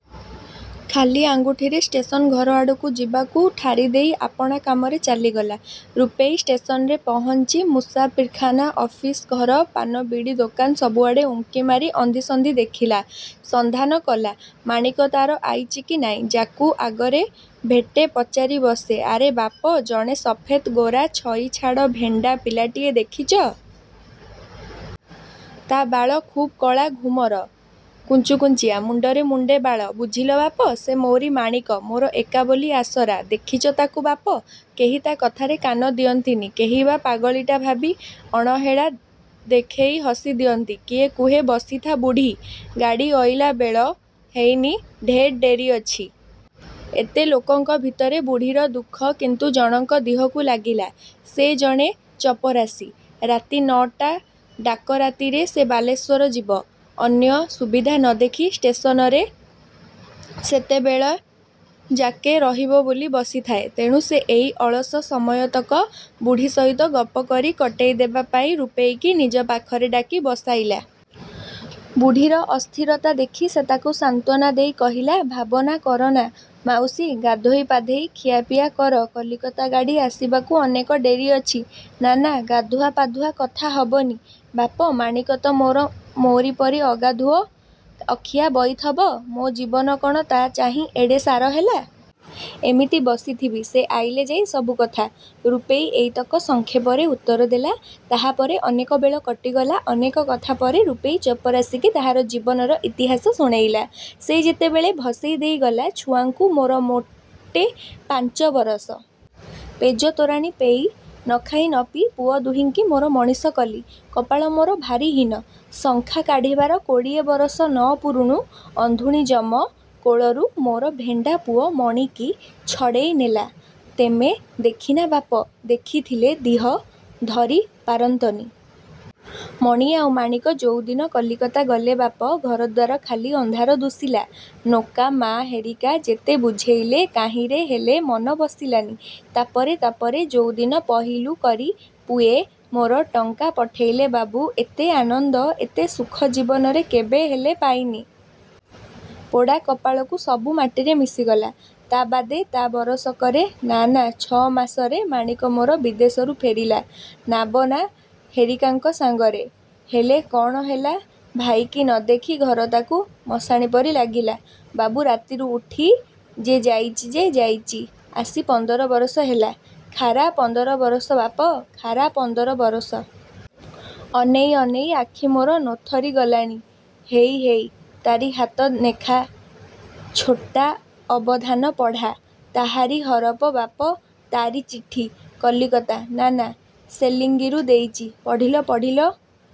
ଖାଲି ଆଙ୍ଗୁଠିରେ ଷ୍ଟେସନ ଘରଆଡ଼କୁ ଯିବାକୁ ଠାରି ଦେଇ ଆପଣା କାମରେ ଚାଲିଗଲା। ରୂପେଇ ଷ୍ଟେସନରେ ପହଁଚି ମୁଶାଫିର୍ଖାନା, ଅଫିସ ଘର, ପାନବିଡ଼ି ଦୋକାନ ସବୁଆଡ଼େ ଉଁକି ମାରି ଅନ୍ଧିସନ୍ଧି ଦେଖିଲା-। ସନ୍ଧାନ କଲା-ମାଣିକ ତା'ର ଆଇଚି କି ନାଇଁ। ଯା'କୁ ଆଗରେ ଭେଟେ ପଚାରି ବସେ-ଆରେ ବାପ, ଜଣେ ସଫେତ୍ ଗୋରା, ଛଇ ଛାଡ଼ ଭେଣ୍ଡା ପିଲାଟିଏ ଦେଖିଚ। ତା' ବାଳ ଖୁବ୍ କଳା ଘୁମର, କୁଞ୍ଚୁକୁଞ୍ଚିଆ-ମୁଣ୍ଡରେ ମୁଣ୍ଡେ ବାଳ। ବୁଝିଲ ବାପ, ସେ ମୋରି ମାଣିକ-ମୋର ଏକା ବୋଲି ଆଶରା। ଦେଖିଚ ତାକୁ ବାପ? କେହି ତା' କଥାରେ କାନ ଦିଅନ୍ତିନି। କେହିବା ପାଗଳୀଟା ଭାବି ଆଣହେଳା ଦେଖେଇ ହସି ଦିଅନ୍ତି। କିଏ କୁହେ, ବସିଥା ବୁଢ଼ୀ, ଗାଡ଼ି ଅଇଲା ବେଳ ହେଇନି-ଢେର୍ ଡେରି ଅଛି। ଏତେ ଲୋକଙ୍କ ଭିତରେ ବୁଢ଼ୀର ଦୁଃଖ କିନ୍ତୁ ଜଣଙ୍କ ଦିହକୁ ଲାଗିଲା। ସେ ଜଣେ ଚପରାସି। ରାତି ନ'ଟା ଡାକ ରାତିରେ ସେ ବାଲେଶ୍ଵର ଯିବ। ଅନ୍ୟ ସୁବିଧା ନ ଦେଖି ଷ୍ଟେସନରେ ସେତେବେଳ ଯାକେ ରହିବ ବୋଲି ବସିଥାଏ। ତେଣୁ ସେ ଏଇ ଅଳସ ସମୟତକ ବୁଢ଼ୀ ସହିତ ଗପ କରି କଟେଇ ଦେବା ପାଇଁ ରୂପେଇକି ନିଜ ପାଖରେ ଡାକି ବସାଇଲା। ବୁଢ଼ୀର ଅସ୍ଥିରତା ଦେଖି ସେ ତାକୁ ସାନ୍ତ୍ଵନା ଦେଇ କହିଲା-ଭାବନା କରନା ମାଉସି, ଗାଧୋଇ ପାଧେଇ ଖିଆପିଆ କର, କଲିକତା ଗାଡ଼ି ଆସିବାକୁ ଅନେକ ଡେରି ଅଛି। -ନା, ନା, ଗାଧୁଆ ପାଧୁଆ କଥା ହବନି। ବାପ, ମାଣିକ ତ ମୋର ମୋରି ପରି ଅଗାଧୁଆ, ଅଖିଆ ବଇଥବ; ମୋ ଜୀବନ କଣ-ତା' ଚାହିଁ ଏଡ଼େ ସାର ହେଲା। ଏମିତି ବସିଥିବି, ସେ ଆଇଲେ ଯାଇ ସବୁକଥା। ରୂପେଇ ଏଇତକ ସଂକ୍ଷେପରେ ଉତ୍ତର ଦେଲା। ତାହାପରେ ଅନେକ ବେଳ କଟିଗଲା। ଅନେକ କଥା ପରେ ରୂପେଇ ଚପରାସିକି ତାହାର ଜୀବନର ଇତିହାସ ଶୁଣେଇଲା-ସେ ଯେତେବେଳେ ଭସେଇ ଦେଇ ଗଲା, ଛୁଆଙ୍କୁ ମୋର ମୋଟେ ପାଞ୍ଚ ବରଷ। ପେଜ ତୋରାଣି ପେଇ ନଖାଇ ନପିଇ ପୁଅ ଦୁହିଁଙ୍କି ମୋର ମଣିଷ କଲି। କପାଳ ମୋର ଭାରୀ ହୀନ। ଶଙ୍ଖା କାଢ଼ିବାର କୋଡ଼ିଏ ବରଷ ନ ପୁରୁଣୁ, ଅନ୍ଧୁଣୀ ଯମ, କୋଳରୁ ମୋର ଭେଣ୍ଡା ପୁଅ ମଣିକି ଛଡ଼େଇ ନେଲା। ତେମେ ଦେଖିନା ବାପ, ଦେଖିଥିଲେ ଦିହ ଧରି ପାରନ୍ତନି। ମଣି ଆଉ ମାଣିକ ଯୋଉଦିନ କଲିକତା ଗଲେ ବାପ, ଘରଦ୍ୱାର ଖାଲି ଅନ୍ଧାର ଦୁଶିଲା। ନୋକା ମା' ହେରିକା ଯେତେ ବୁଝେଇଲେ କାହିଁରେ ହେଲେ ମନ ବସିଲାନି। ତା'ପରେ, ତା'ପରେ ଯୋଉଦିନ ପହିଲୁ କରି ପୁଏ ମୋର ଟଙ୍କା ପଠେଇଲେ ବାବୁ, ଏତେ ଆନନ୍ଦ, ଏତେ ସୁଖ ଜୀବନରେ କେବେ ହେଲେ ପାଇନି। ପୋଡ଼ା କପାଳକୁ ସବୁ ମାଟିରେ ମିଶିଗଲା। ତା ବାଦେ ତା' ବରଷକରେ ନା, ନା, ଛ'ମାସରେ ମାଣିକ ମୋର ବିଦେଶରୁ ଫେରିଲା ନାବନା ହେରିକାଙ୍କ ସାଙ୍ଗରେ। ହେଲେ କଣ ହେଲା ଭାଇକି ନଦେଖି ଘର ତାକୁ ମଶାଣି ପରି ଲାଗିଲା, ବାବୁ, ରାତିରୁ ଉଠି ଯେ ଯାଇଚି ଯେ ଯାଇଚି ଆସି ପନ୍ଦର ବରଷ ହେଲା-ଖାରା ପନ୍ଦର ବରଷ ବାପ, ଖାରା ପନ୍ଦର ବରଷ। ଅନେଇ ଅନେଇ ଆଖି ମୋର ନୋଥରି ଗଲାଣି। ହେଇ, ହେଇ, ତାରି ହାତ ନେଖା, ଛୋଟାଅବଧାନ ପଢ଼ା, ତାହାରି ହରପ ବାପ ତା'ରି ଚିଠି। କଲିକତା ନା, ନା, ଶେଲିଙ୍ଗିରୁ ଦେଇଚି। ପଢ଼ିଲ, ପଢ଼ିଲ